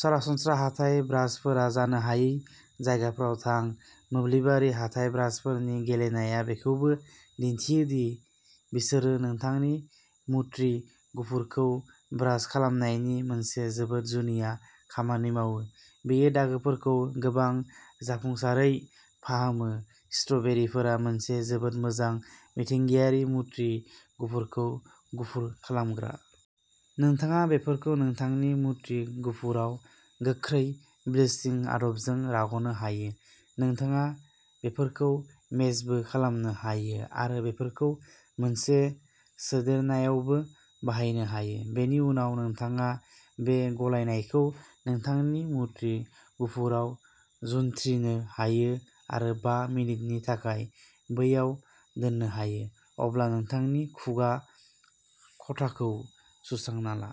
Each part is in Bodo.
सरासनस्रा हाथाइ ब्रासफोरा जानो हायै जायगाफोराव थां। मोब्लिबारि हाथाइ ब्रासफोरनि गेलेनाया बेखौबो दिन्थियो दि बिसोरो नोंथांनि मुथ्रि गुफुरखौ ब्रास खालामनायनि मोनसे जोबोद जुनिया खामानि मावो। बेयो दागोफोरखौ गोबां जाफुंसारै फाहामो। स्ट्र'बेरिफोरा मोनसे जोबोद मोजां मिथिंगायारि मुथ्रि गुफुरखौ गुफुर खालामग्रा। नोंथाङा बेफोरखौ नोंथांनि मुथ्रि गुफुराव गोख्रै ब्लिचिं आदबजों रग'नो हायो। नोंथाङा बेफोरखौ मेसबो खालामनो हायो आरो बेफोरखौ मोनसे सोदेरनायावबो बानायनो हायो। बेनि उनाव नोंथाङा बे गलायनायखौ नोंथांनि मुथ्रि गुफुराव जुन्थ्रिनो हायो आरो बा मिनिटनि थाखाय बैयाव दोननो हायो, अब्ला नोंथांनि खुगा ख'थाखौ सुस्रांना ला।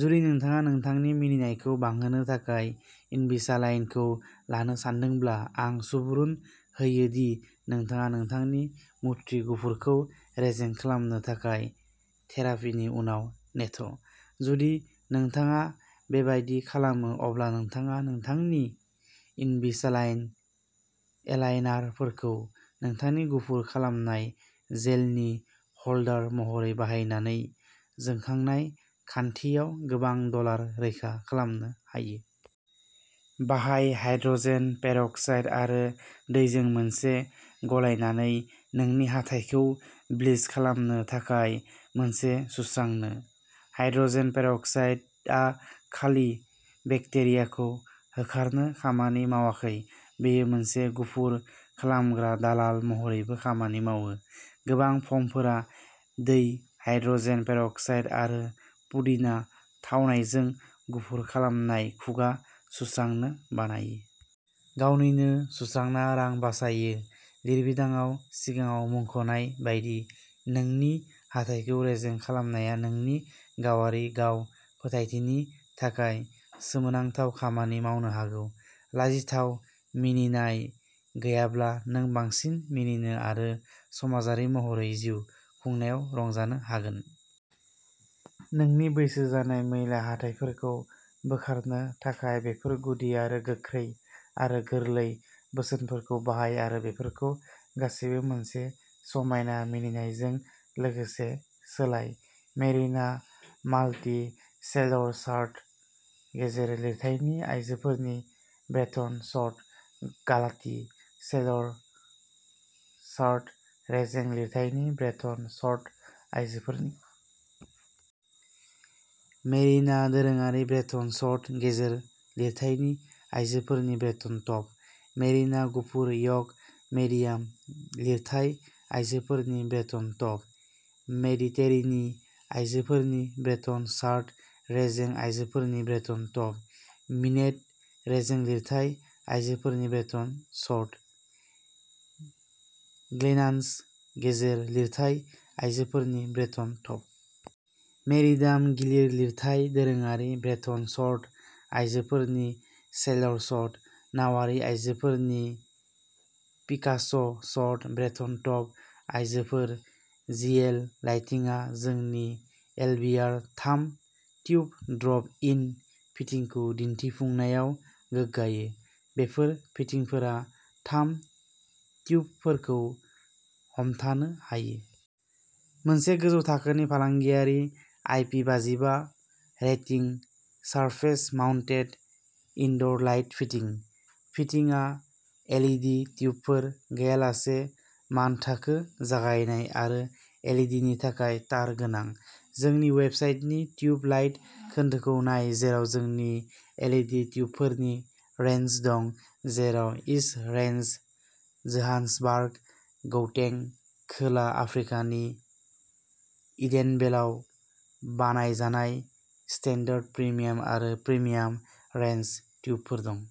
जुदि नोंथाङा नोंथांनि मिनिनायखौ बांहोनो थाखाय इनविसालाइनखौ लानो सानदोंब्ला, आं सुबुरुन होयो दि नोंथाङा नोंथांनि मुथ्रि गुफुरखौ रेजें खालामनो थाखाय थेरापिनि उनाव नेथ'। जुदि नोंथाङा बेबादि खालामो, अब्ला नोंथाङा नोंथांनि इनभिसालाइन एलाइनारफोरखौ नोंथांनि गुफुर खालामनाय जेलनि ह'ल्डार महरै बाहायनानै जोंखांनाय खान्थियाव गोबां डलार रैखा खालामनो हायो। बाहाय हाइड्र'जेन पेर'क्साइड आरो दैजों मोनसे गलायनानै नोंनि हाथाइखौ ब्लिच खालामनो थाखाय मोनसे सुस्रानो। हाइड्र'जेन पेर'क्साइडआ खालि बेक्टेरियाखौ होखारनो खामानि मावाखै, बेयो मोनसे गुफुर खालामग्रा दालाल महरैबो खामानि मावो। गोबां फार्मफोरा दै, हाइड्र'जेन पेर'क्साइड आरो पुदिना थावनायजों गुफुर खालामनाय खुगा सुस्रानो बानायो। गावनिनो सुस्रांना रां बासायो। लिरबिदांआव सिगाङाव मुंख'नाय बायदि, नोंनि हाथाइखौ रेजें खालामनाया नोंनि गावारि गाव फोथायथिनि थाखाय सोमोनांथाव खामानि मावनो हागौ। लाजिथाव मिनिनाय गैयाब्ला, नों बांसिन मिनिनो आरो समाजारि महरै जिउ खुंनायाव रंजानो हागोन। नोंनि बैसो जानाय, मैला हाथाइफोरखौ बोखारनो थाखाय बेफोर गुदि आरो गोख्रै आरो गोरलै बोसोनफोरखौ बाहाय आरो बेफोरखौ गासैबो मोनसे समायना मिनिनायजों लोगोसे सोलाय। मेरिना माल्टि सेलर शार्ट, गेजेर लिरथायनि आयजोफोरनि ब्रेटन शर्ट। गालाथि सेलर शर्ट, रेजें लिरथायनि ब्रेटन शर्ट आयजोफोरनि। मेरिना दोरोङारि ब्रेटन शर्ट, गेजेर लिरथायनि आयजोफोरनि ब्रेटन टप। मेरिना गुफुर य'क मिडियाम। लिरथाय आयजोफोरनि ब्रेटन टप। मेडिटेरेनी आयजोफोरनि ब्रेटन शार्ट, रेजें आयजोफोरनि ब्रेटन टप। मिनेट रेजें लिरथाय आयजोफोरनि ब्रेटन शर्ट। ग्लेनान्स गेजेर लिरथाय आयजोफोरनि ब्रेटन टप। मेरिडाम गिलिर लिरथाय दोरोङारि ब्रेटन शर्ट, आयजोफोरनि सेलर शर्ट। नावारि आयजोफोरनि पिकास' शर्ट, ब्रेटन टप आयजोफोर। जिएल लाइटिंआ जोंनि एलबिआर थाम ट्युब ड्रप इन फिटिंखौ दिन्थिफुंनायाव गोग्गायो। बेफोर फिटिंफोरा थाम ट्युबफोरखौ हमथानो हायो। मोनसे गोजौ थाखोनि फालांगियारि, आइपि बाजि बा rating, surface mounted indoor light fitting. फिटिंआ एलइडि ट्युबफोर गैयालासे मानथाखो जगायनाय आरो एलइडिनि थाखाय तार गोनां। जोंनि वेबसाइटनि ट्युब लाइट खोन्दोखौ नाय जेराव जोंनि एलइडि ट्युबफोरनि रेन्ज दं जेराव इस्ट रेन्ड, जोहान्सबार्ग, गौतें, खोला आफ्रिकानि इडेनभेलआव बानायजानाय स्टान्डार्ड, प्रिमियाम आरो प्रिमियाम रेन्ज ट्युबफोर दं।